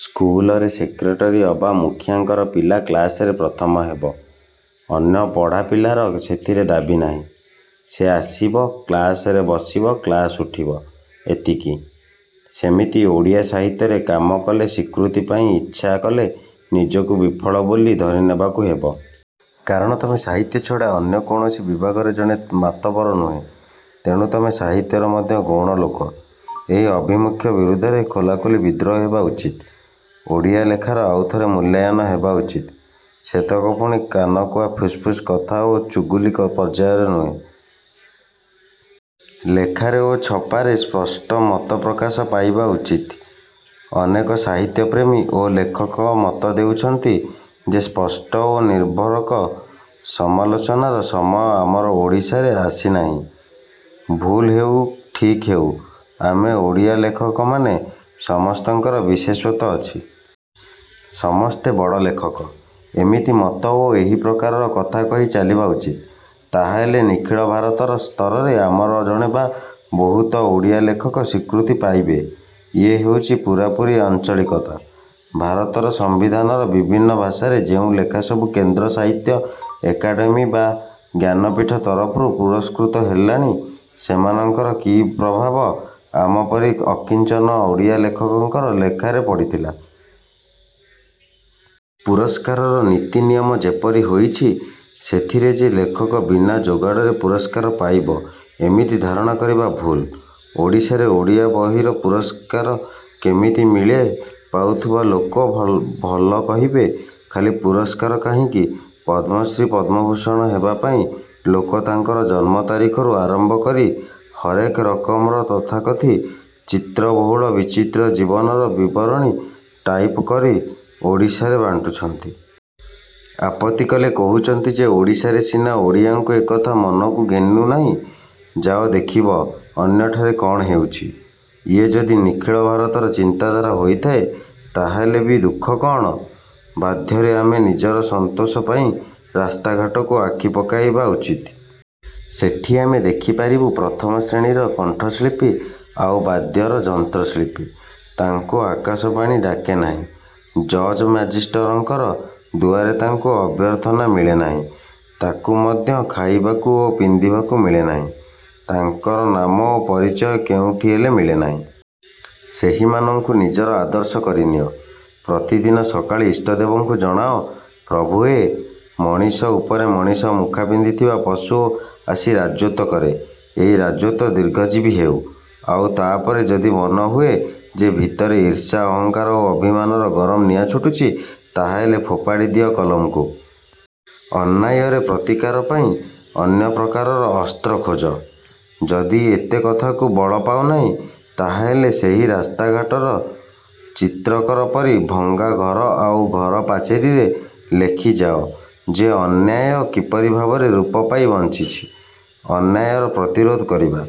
ସ୍କୁଲର ସେକ୍ରେଟାରୀ ଅବା ମୁଖ୍ୟଙ୍କର ପିଲା କ୍ଲାସରେ ପ୍ରଥମ ହେବ। ଅନ୍ୟ ପଢ଼ା ପିଲାର ସେଥିରେ ଦାବୀ ନାହିଁ। ସେ ଆସିବ-କ୍ଲାସରେ ବସିବ କ୍ଲାସ ଉଠିବ-ଏତିକି। ସେମିତି ଓଡ଼ିଆ ସାହିତ୍ୟରେ କାମ କଲେ ସ୍ୱୀକୃତି ପାଇଁ ଇଚ୍ଛା କଲେ ନିଜକୁ ବିଫଳ ବୋଲି ଧରିନେବାକୁ ହେବ। କାରଣ ତମେ ସାହିତ୍ୟ ଛଡ଼ା ଅନ୍ୟ କୌଣସି ବିଭାଗରେ ଜଣେ ମାତବର ନୁହଁ। ତେଣୁ ତମେ ସାହିତ୍ୟରେ ମଧ୍ୟ ଗୌଣ ଲୋକ। ଏହି ଆଭିମୁଖ୍ୟ ବିରୁଦ୍ଧରେ ଖୋଲାଖୋଲି ବିଦ୍ରୋହ ହେବା ଉଚିତ୍। ଓଡ଼ିଆ ଲେଖାର ଆଉ ଥରେ ମୂଲ୍ୟାୟନ ହେବା ଉଚିତ୍। ସେତକ ପୁଣି କାନକୁହା ଫିସ୍ଫିସ୍ କଥା ଓ ଚୁଗୁଲି ପର୍ଯ୍ୟାୟରେ ନୁହେଁ। ଲେଖାରେ ଓ ଛପାରେ ସ୍ପଷ୍ଟ ମତ ପ୍ରକାଶ ପାଇବା ଉଚିତ୍। ଅନେକ ସାହିତ୍ୟପ୍ରେମୀ ଓ ଲେଖକ ମତ ଦେଉଛନ୍ତି ଯେ ସ୍ପଷ୍ଟ ଓ ନିର୍ଭୀକ ସମାଲୋଚନାର ସମୟ ଆମର ଓଡ଼ିଶାରେ ଆସି ନାହିଁ। ଭୁଲ୍ ହେଉ ଠିକ୍ ହେଉ ଆମେ ଓଡ଼ିଆ ଲେଖକମାନେ ସମସ୍ତଙ୍କର ବିଶେଷତ୍ୱ ଅଛି। ସମସ୍ତେ ବଡ଼ ଲେଖକ-ଏମିତି ମତ ଓ ଏହି ପ୍ରକାରର କଥା କହି ଚାଲିବା ଉଚିତ୍। ତାହାହେଲେ ନିଖିଳ ଭାରତ ସ୍ତରରେ ଆମର ଜଣେ ବା ବହୁତ ଓଡ଼ିଆ ଲେଖକ ସ୍ୱୀକୃତି ପାଇବେ। ଇଏ ହେଉଛି ପୂରାପୂରି ଆଞ୍ଚଳିକତା। ଭାରତର ସମ୍ୱିଧାନର ବିଭିନ୍ନ ଭାଷାରେ ଯେଉଁ ଲେଖା ସବୁ କେନ୍ଦ୍ର ସାହିତ୍ୟ ଏକାଡେମି ବା ଜ୍ଞାନପୀଠ ତରଫରୁ ପୁରସ୍କୃତ ହେଲାଣି ସେମାନଙ୍କର କି ପ୍ରଭାବ ଆମପରି ଅକିଞ୍ଚନ ଓଡ଼ିଆ ଲେଖକଙ୍କର ଲେଖାରେ ପଡ଼ିଲା? ପୁରସ୍କାରର ନୀତି ନିୟମ ଯେପରି ହୋଇଛି ସେଥିରେ ଯେ ଲେଖକ ବିନା ଯୋଗାଡ଼ରେ ପୁରସ୍କାର ପାଇବ-ଏମିତି ଧାରଣା କରିବା ଭୁଲ୍। ଓଡ଼ିଶାରେ ଓଡ଼ିଆ ବହିର ପୁରସ୍କାର କେମିତି ମିଳେ-ପାଉଥିବା ଲୋକ ଭଲ କହିବେ। ଖାଲି ପୁରସ୍କାର କାହିଁକି ପଦ୍ମଶ୍ରୀ ପଦ୍ମଭୂଷଣ ହେବା ପାଇଁ ଲୋକ ତାଙ୍କର ଜନ୍ମ ତାରିଖରୁ ଆରମ୍ଭ କରି ହରେକ ରକମର ତଥାକଥିତ ଚିତ୍ରବହୁଳ ବିଚିତ୍ର ଜୀବନର ବିବରଣୀ ଟାଇପ କରି ଓଡ଼ିଶାରେ ବାଣ୍ଟୁଛନ୍ତି। ଆପତ୍ତି କଲେ କହୁଛନ୍ତି ଯେ ଓଡ଼ିଶାରେ ସିନା ଓଡ଼ିଆଙ୍କୁ ଏକଥା ମନକୁ ଘେନୁ ନାହିଁ। ଯାଅ ଦେଖିବ ଅନ୍ୟଠାରେ କ'ଣ ହେଉଛି? ଇଏ ଯଦି ନିଖିଳ ଭାରତର ଚିନ୍ତାଧାରା ହୋଇଥାଏ ତାହାହେଲେ ବି ଦୁଃଖ କ'ଣ? ବାଧ୍ୟରେ ଆମେ ନିଜର ସନ୍ତୋଷ ପାଇଁ ରାସ୍ତାଘାଟକୁ ଆଖି ପକାଇବା ଉଚିତ୍। ସେଠି ଆମେ ଦେଖି ପାରିବୁ ପ୍ରଥମ ଶ୍ରେଣୀର କଣ୍ଠଶିଳ୍ପୀ ଆଉ ବାଦ୍ୟର ଯନ୍ତ୍ର-ଶିଳ୍ପୀ। ତାଙ୍କୁ ଆକାଶବାଣୀ ଡାକେ ନାହିଁ। ଜଜ୍ ମେଜେଷ୍ଟରଙ୍କର ଦୁଆରେ ତାଙ୍କୁ ଅଭ୍ୟର୍ଥନା ମିଳେ ନାହିଁ। ତାକୁ ମଧ୍ୟ ଖାଇବାକୁ ଓ ପିନ୍ଧିବାକୁ ମିଳେ ନାହିଁ। ତାଙ୍କର ନାମ ଓ ପରିଚୟ କେଉଁଠି ହେଲେ ମିଳେ ନାହିଁ। ସେହିମାନଙ୍କୁ ନିଜର ଆଦର୍ଶ କରି ନିଅ। ପ୍ରତିଦିନ ସକାଳେ ଇଷ୍ଟଦେବଙ୍କୁ ଜଣାଅ-ପ୍ରଭୁ ହେ! ମଣିଷ ଉପରେ ମଣିଷ ମୁଖା ପିନ୍ଧିଥିବା ପଶୁ ଆସି ରାଜତ୍ୱ କରେ। ଏଇ ରାଜତ୍ୱ ଦୀର୍ଘଜୀବୀ ହେଉ। ଆଉ ତା'ପରେ ଯଦି ମନେ ହୁଏ ଯେ ଭିତରେ ଈର୍ଷା, ଅହଙ୍କାର ଓ ଅଭିମାନର ଗରମ ନିଆଁ ଛୁଟୁଛି ତାହାହେଲେ ଫୋପାଡ଼ି ଦିଅ କଲମକୁ। ଅନ୍ୟାୟର ପ୍ରତିକାର ପାଇଁ ଅନ୍ୟପ୍ରକାରର ଅସ୍ତ୍ର ଖୋଜ। ଯଦି ଏତେ କଥାକୁ ବଳପାଉ ନାହିଁ ତାହାହେଲେ ସେହି ରାସ୍ତାଘାଟର ଚିତ୍ରକର ପରି ଭଙ୍ଗା ଘର ଆଉ ଘର ପାଚେରିରେ ଲେଖି ଯାଅ ଯେ ଅନ୍ୟାୟ କିପରି ଭାବରେ ରୂପ ପାଇ ବଞ୍ଚିଛି-। ଅନ୍ୟାୟର ପ୍ରତିରୋଧ କରିବା